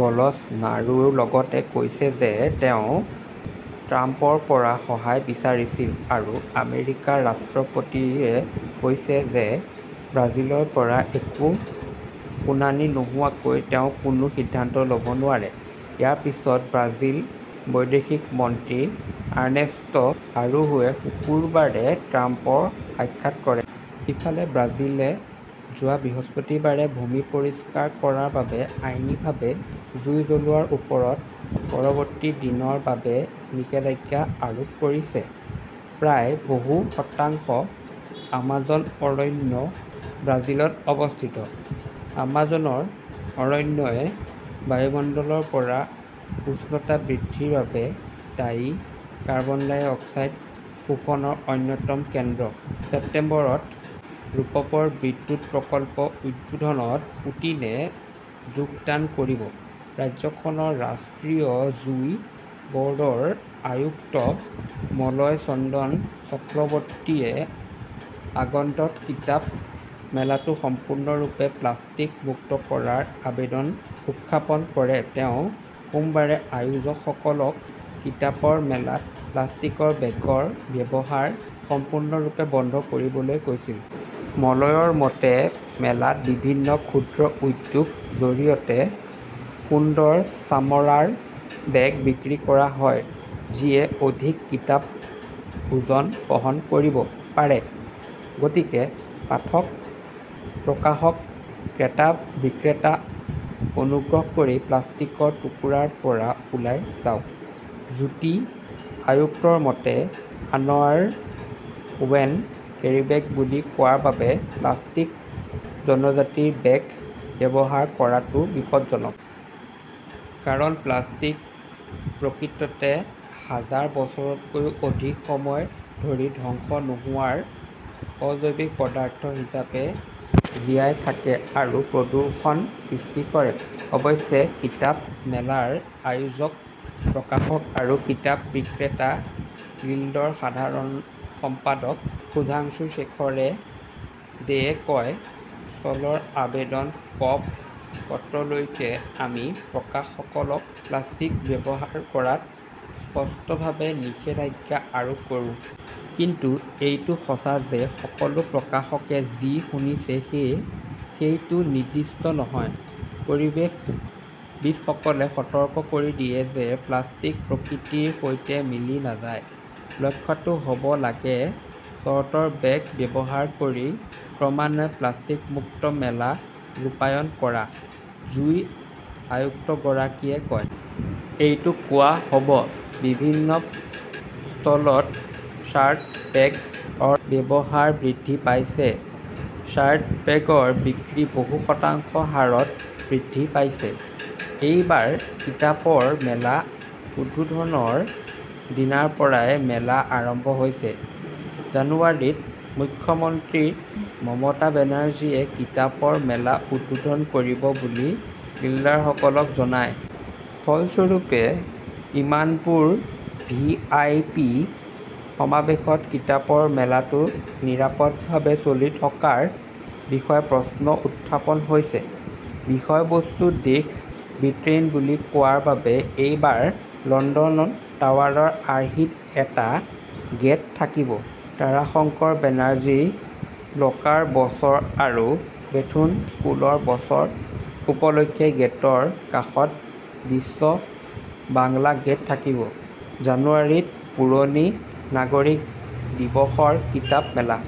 বলছ "নাৰোৱে লগতে কৈছিল যে তেওঁ ট্ৰাম্পৰ পৰা সহায় বিচাৰিছিল আৰু আমেৰিকাৰ ৰাষ্ট্ৰপতিয়ে কৈছিল যে ব্ৰাজিলৰ পৰা একো শুনানি নোহোৱাকৈ তেওঁ কোনো সিদ্ধান্ত ল’ব নোৱাৰে। ইয়াৰ পিছতে ব্ৰাজিলৰ বৈদেশিক মন্ত্ৰী আৰ্নেষ্টো অৰোহুৱে শুকুৰবাৰে ট্ৰাম্পক সাক্ষাৎ কৰে। ইফালে, ব্ৰাজিলে যোৱা বৃহস্পতিবাৰে ভূমি পৰিষ্কাৰ কৰাৰ বাবে আইনীভাৱে জুই জ্বলোৱাৰ ওপৰত পৰৱৰ্তী দিনৰ বাবে নিষেধাজ্ঞা আৰোপ কৰিছে। প্ৰায় বহু শতাংশ আমাজন অৰণ্য ব্ৰাজিলত অৱস্থিত। আমাজনৰ অৰণ্যই বায়ুমণ্ডলৰ পৰা উষ্ণতা বৃদ্ধিৰ বাবে দায়ী কাৰ্বন ডাই অক্সাইড শোষণৰ অন্যতম কেন্দ্ৰ। ছেপ্টেম্বৰত ৰূপপুৰ বিদ্যুৎ প্ৰকল্প উদ্বোধনত, পুটিনে যোগদান কৰিব। ৰাজ্যখনৰ ৰাষ্ট্ৰীয় জুট ব’ৰ্ডৰ আয়ুক্ত মলয় চন্দন চক্ৰৱৰ্তিয়ে আগন্তুক কিতাপ মেলাটো সম্পূৰ্ণৰূপে প্লাষ্টিক মুক্ত কৰাৰ আবেদন উত্থাপন কৰে। তেওঁ সোমবাৰে আয়োজকসকলক কিতাপৰ মেলাত প্লাষ্টিকৰ বেগৰ ব্যৱহাৰ সম্পূৰ্ণৰূপে বন্ধ কৰিবলৈ কৈছিল। মলয়ৰ মতে, "মেলাত বিভিন্ন ক্ষুদ্ৰ উদ্যোগৰ জৰিয়তে সুন্দৰ চামৰাৰ বেগ বিক্ৰী কৰা হয়, যিয়ে অধিক কিতাপৰ বোজা বহন কৰিব পাৰে। গতিকে পাঠক, প্ৰকাশক, ক্ৰেতা, বিক্ৰেতা-অনুগ্ৰহ কৰি প্লাষ্টিকৰ টুকুৰাৰ পৰা ওলাই যাওক! "জুট আয়ুক্তৰ মতে, আনঅ" ৱেন কেৰীবেগ বুলি কোৱাৰ বাবে প্লাষ্টিক জনজাতিৰ বেগ ব্যৱহাৰ কৰাটোও বিপদজনক। কাৰণ, প্লাষ্টিক প্ৰকৃততে হাজাৰ বছৰতকৈও অধিক সময় ধৰি ধ্বংস নোহোৱা অজৈব পদাৰ্থ হিচাপে জীয়াই থাকে আৰু প্ৰদূষণৰ সৃষ্টি কৰে। অৱশ্যে, কিতাপ মেলাৰ আয়োজক, প্ৰকাশক আৰু কিতাপ বিক্ৰেতা গিল্ডৰ সাধাৰণ সম্পাদক সুধাংশুশেখৰ দেয়ে কয়, "ষ্টলৰ আবেদন প্ৰ-পত্ৰলৈকে আমি প্ৰকাশকসকলক প্লাষ্টিক ব্যৱহাৰ কৰাত স্পষ্টভাৱে নিষেধাজ্ঞা আৰোপ কৰো। কিন্তু এইটো সঁচা যে সকলো প্ৰকাশকে যি শুনিছে সেয়া। সেইটো নিষিদ্ধ নহয়। পৰিৱেশবিদসকলে সতৰ্ক কৰি দিয়ে যে প্লাষ্টিক প্ৰকৃতিৰ সৈতে মিলি নাযায়। "লক্ষ্যটো হ’ব লাগে চটৰ বেগ ব্যৱহাৰ কৰি ক্ৰমান্বয়ে প্লাষ্টিক-মুক্ত মেলা ৰূপায়ণ কৰা ", জুট আয়ুক্তগৰাকীয়ে কয়। এইটো কোৱা হ’ব, বিভিন্ন ষ্টলত চাট বেগৰ ব্যৱহাৰ বৃদ্ধি পাইছে। চাট বেগৰ বিক্ৰী বহু শতাংশ হাৰত বৃদ্ধি পাইছে। এইবাৰ কিতাপৰ মেলা উদ্বোধনৰ দিনাৰ পৰাই মেলা আৰম্ভ হৈছে। জানুৱাৰীত মুখ্যমন্ত্ৰী মমতা বেনাৰ্জীয়ে কিতাপৰ মেলা উদ্বোধন কৰিব বুলি গিল্ডৰসকলে জনায়। ফলস্বৰূপে, ইমানবোৰ ভি. আই. পি. সমাৱেশত কিতাপৰ মেলাটো নিৰাপদভাৱে চলি থকাৰ বিষয়ে প্ৰশ্ন উত্থাপন হৈছে। বিষয়বস্তু দেশ 'ব্ৰিটেইন’ বুলি কোৱাৰ বাবে এইবাৰ লণ্ডন টাৱাৰৰ আৰ্হিত এটা গেট থাকিব। তাৰাশংকৰ বেনাৰ্জী, লৰ্কাৰ বছৰ আৰু বেথুন স্কুলৰ বছৰ উপলক্ষে গেটৰ কাষত বিশ্ব বাংলা গেট থাকিব। জানুৱাৰীত পুৰণি নাগৰিক দিৱসৰ কিতাপ মেলা।